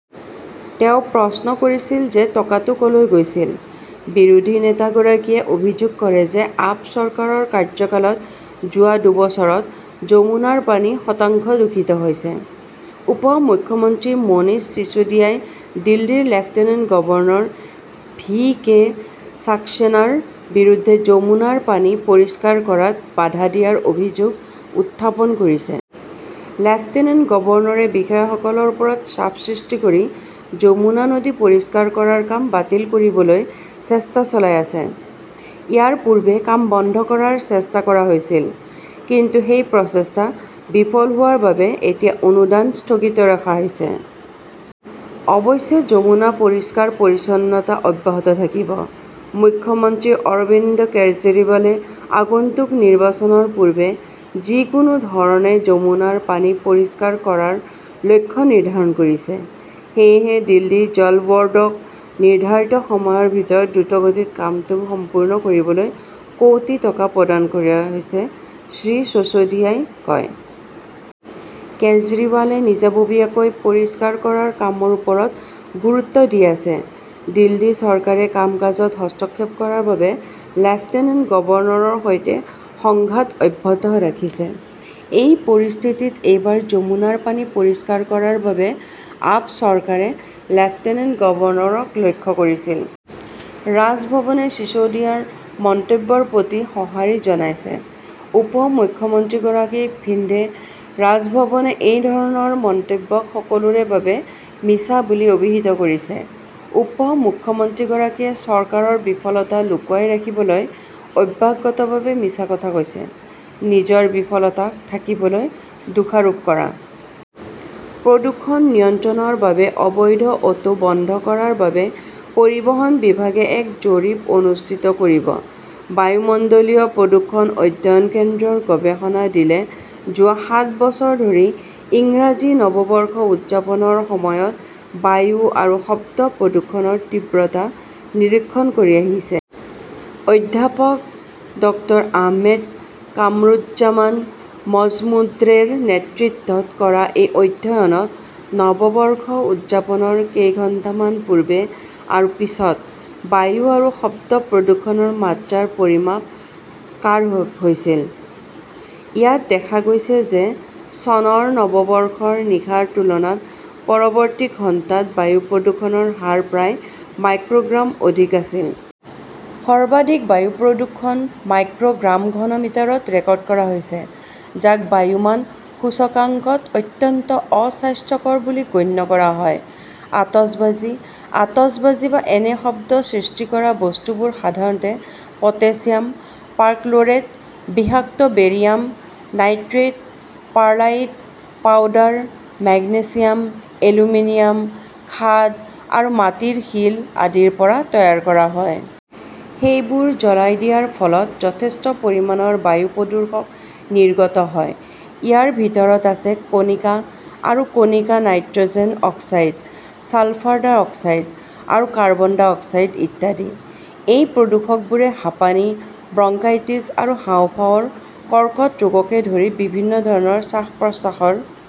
তেওঁ প্ৰশ্ন কৰিছিল যে টকাটো ক "লৈ গৈছিল। বিৰোধী নেতা গৰাকীয়ে অভিযোগ কৰে যে আপ চৰকাৰৰ কাৰ্যকালত যোৱা বছৰত যমুনাৰ পানী শতাংশ দূষিত হৈছে। উপ মুখ্যমন্ত্ৰী মনীষ চিচোদিয়াই দিল্লীৰ লেফটেনেণ্ট গভৰ্ণৰ ভি কে সাক্সেনাৰ বিৰুদ্ধে যমুনাৰ পানী পৰিষ্কাৰ কৰাত বাধা দিয়াৰ অভিযোগ উত্থাপন কৰিছে। "লেফটেনেণ্ট গভৰ্ণৰে বিষয়াসকলৰ ওপৰত চাপ সৃষ্টি কৰি যমুনা নদী পৰিষ্কাৰ কৰাৰ কাম বাতিল কৰিবলৈ চেষ্টা চলাই আছে। ইয়াৰ পূৰ্বে কাম বন্ধ কৰাৰ চেষ্টা কৰা হৈছিল। কিন্তু সেই প্ৰচেষ্টা বিফল হোৱাৰ বাবে এতিয়া অনুদান স্থগিত ৰখা হৈছে। অৱশ্যে যমুনাৰ পৰিষ্কাৰ-পৰিচ্ছন্নতা অব্যাহত থাকিব। "মুখ্যমন্ত্ৰী অৰবিন্দ কেজৰিৱালে আগন্তুক নিৰ্বাচনৰ পূৰ্বে যিকোনো ধৰণে যমুনাৰ পানী পৰিষ্কাৰ কৰাৰ লক্ষ্য নিৰ্ধাৰণ কৰিছে। সেয়েহে দিল্লী জল বোৰ্ডক নিৰ্ধাৰিত সময়ৰ ভিতৰত দ্ৰুতগতিত কামটো সম্পূৰ্ণ কৰিবলৈ কোটি টকা প্ৰদান কৰা হৈছে, শ্ৰী চিচৌধিয়াই কয়। কেজৰিৱালে নিজাববীয়াকৈ পৰিষ্কাৰ কৰাৰ কামৰ ওপৰত গুৰুত্ব দি আছে। দিল্লী চৰকাৰে কাম-কাজত হস্তক্ষেপ কৰাৰ বাবে লেফটেনেণ্ট গভৰ্ণৰৰ সৈতে সংঘাত অব্যাহত ৰাখিছে। এই পৰিস্থিতিত এইবাৰ যমুনাৰ পানী পৰিষ্কাৰ কৰাৰ বাবে আপ চৰকাৰে লেফটেনেণ্ট গভৰ্ণৰক লক্ষ্য কৰিছিল। ৰাজভৱনে চিছৌদিয়াৰ মন্তব্যৰ প্ৰতি সঁহাৰি জনাইছে। উপ মুখ্যমন্ত্ৰীগৰাকীক ভিন্ধে ৰাজভৱনে এই ধৰণৰ মন্তব্যক সকলোৰে বাবে মিছা বুলি অভিহিত কৰিছে। উপ মুখ্যমন্ত্ৰীগৰাকীয়ে চৰকাৰৰ বিফলতা লুকুৱাই ৰাখিবলৈ অভ্যাসগতভাৱে মিছা কথা কৈছে। নিজৰ বিফলতাক ঢাকিবলৈ দোষাৰোপ কৰা। প্ৰদূষণ নিয়ন্ত্ৰণৰ বাবে অবৈধ অটো বন্ধ কৰাৰ বাবে পৰিবহণ বিভাগে এক জৰীপ অনুষ্ঠিত কৰিব বায়ুমণ্ডলীয় প্ৰদূষণ অধ্যয়ন কেন্দ্ৰৰ গৱেষণা দলে যোৱা সাত বছৰ ধৰি ইংৰাজী নৱবৰ্ষ উদযাপনৰ সময়ত বায়ু আৰু শব্দ প্ৰদূষণৰ তীব্ৰতা নিৰীক্ষণ কৰি আহিছে। অধ্যাপক ড আহমেদ কামৰুজ্জামান মজমুদ্ৰেৰ নেতৃত্বত কৰা এই অধ্যয়নত নৱবৰ্ষ উদযাপনৰ কেইঘণ্টামান পূৰ্বে আৰু পিছত বায়ু আৰু শব্দ প্ৰদূষণৰ মাত্ৰা পৰিমাপ কৰা হৈছিল। ইয়াত দেখা গৈছে যে চনৰ নৱবৰ্ষৰ নিশাৰ তুলনাত পৰৱৰ্তী ঘণ্টাত বায়ু প্ৰদূষণৰ হাৰ প্ৰায় মাইক্ৰ "গ্ৰাম অধিক আছিল। সৰ্বাধিক বায়ু প্ৰদূষণ মাইক্ৰ "গ্ৰাম/ঘন মিটাৰত ৰেকৰ্ড কৰা হৈছে যাক বায়ু মান সূচকাংকত অত্যন্ত অস্বাস্থ্যকৰ বুলি গণ্য কৰা হয়। আতচবাজী, আতচবাজী বা এনে শব্দ সৃষ্টি কৰা বস্তুবোৰ সাধাৰণতে পটাছিয়াম পাৰ্কলোৰেট, বিষাক্ত barium nitrate, perlite powder, magnesium, aluminium খাদ আৰু মাটিৰ শিল আদিৰ পৰা তৈয়াৰ কৰা হয়। সেইবোৰ জ্বলাই দিয়াৰ ফলত যথেষ্ট পৰিমাণৰ বায়ু প্ৰদূষক নিৰ্গত হয়। ইয়াৰ ভিতৰত আছে কণিকা আৰু কণিকা, "nitrogen oxide, sulphur dioxide আৰু কাৰ্বন মন" অক্সাইড ইত্যাদি। এই প্ৰদূষকবোৰে হাঁপানি, ব্ৰংকাইটিছ আৰু হাঁওফাঁওৰ কৰ্কট ৰোগকে ধৰি বিভিন্ন ধৰণৰ শ্বাস-প্ৰশ্বাসৰ